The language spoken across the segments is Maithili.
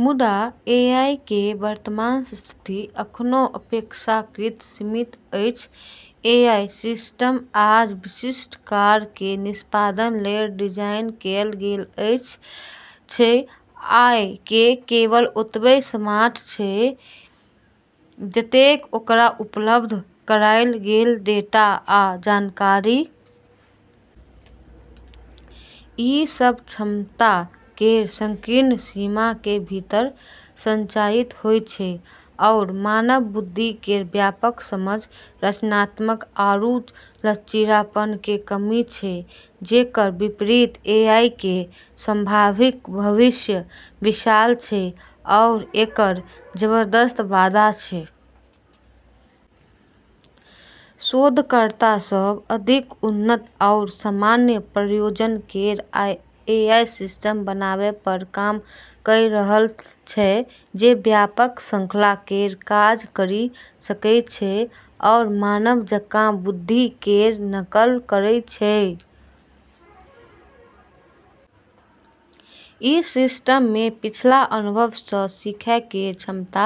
मुदा, एआई केर वर्तमान स्थिति एखनो अपेक्षाकृत सीमित अछि। एआई सिस्टम आज विशिष्ट कार्य केर निष्पादन लेल डिजाइन कएल गेल छै, आ ई केवल ओतबे स्मार्ट छै जतेक ओकरा उपलब्ध कराएल गेल डेटा आ जानकारी। ई सब क्षमता केर संकीर्ण सीमा के भीतर संचालित होय छै आरू मानव बुद्धि केर व्यापक समझ, रचनात्मकता आरू लचीलापन केर कमी छै। एकर विपरीत एआई केर संभावित भविष्य विशाल छै आरू एकर जबरदस्त वादा छै। शोधकर्ता सब अधिक उन्नत आरू सामान्य प्रयोजन केर एआई सिस्टम बनाबै पर काम करी रहल छै जे व्यापक श्रृंखला केर काज करी सकै छै आरू मानव जकाँ बुद्धि केर नकल करी सकै छै। ई सिस्टम मे पिछला अनुभव सँ सीखै केर क्षमता,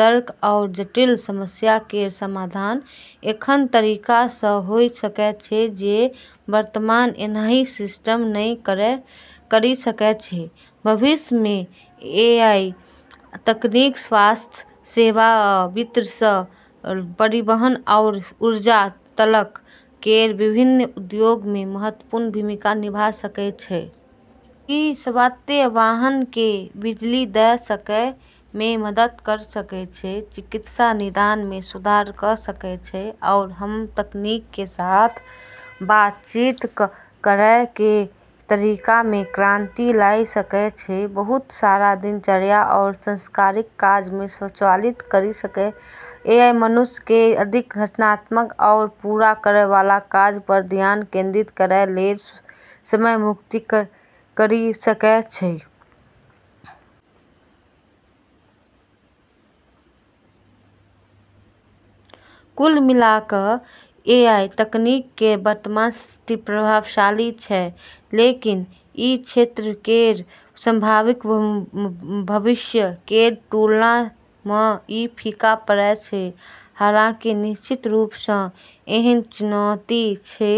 तर्क आरू जटिल समस्या केर समाधान एहन तरीका सँ होय सकै छै जे वर्तमान एआई सिस्टम नहि करी सकै छै। भविष्य मे एआई तकनीक स्वास्थ्य सेवा आ वित्त सँ लऽ कऽ परिवहन आरू ऊर्जा तलक केर विभिन्न उद्योग मे महत्वपूर्ण भूमिका निभा सकै छै। ई स्वायत्त वाहन केँ बिजली दै मे मदद करी सकै छै, चिकित्सा निदान मे सुधार करी सकै छै, आरू हम्मं तकनीक के साथ बातचीत करै केर तरीका मे क्रांति लानी सकै छै। बहुत सारा दिनचर्या आरू सांसारिक काज केँ स्वचालित करी कऽ एआई मनुष्य केँ अधिक रचनात्मक आरू पूरा करै वाला काज पर ध्यान केंद्रित करै लेल समय मुक्त करी सकै छै। कुल मिला कऽ एआई तकनीक केर वर्तमान स्थिति प्रभावशाली छै, लेकिन ई क्षेत्र केर संभावित भविष्य केर तुलना मँ ई फीका पड़ै छै। हालांकि निश्चित रूप सँ एहन चुनौती छै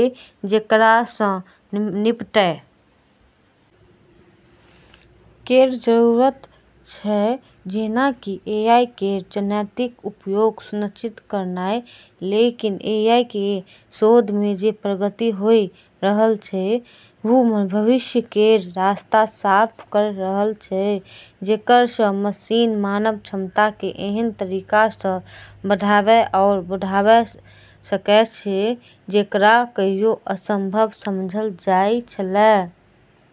जेकरा सँ निपटै केर जरूरत छै, जेना कि एआई केर नैतिक उपयोग सुनिश्चित करनाय, लेकिन एआई केर शोध मे जे प्रगति होय रहल छै, वू भविष्य केर रास्ता साफ करी रहल छै, जेकरा मँ मशीन मानव क्षमता केँ एहन तरीका सँ बढ़ाबै आरू बढ़ाबै सकै छै जेकरा कहियो असंभव समझल जाइत छेलै।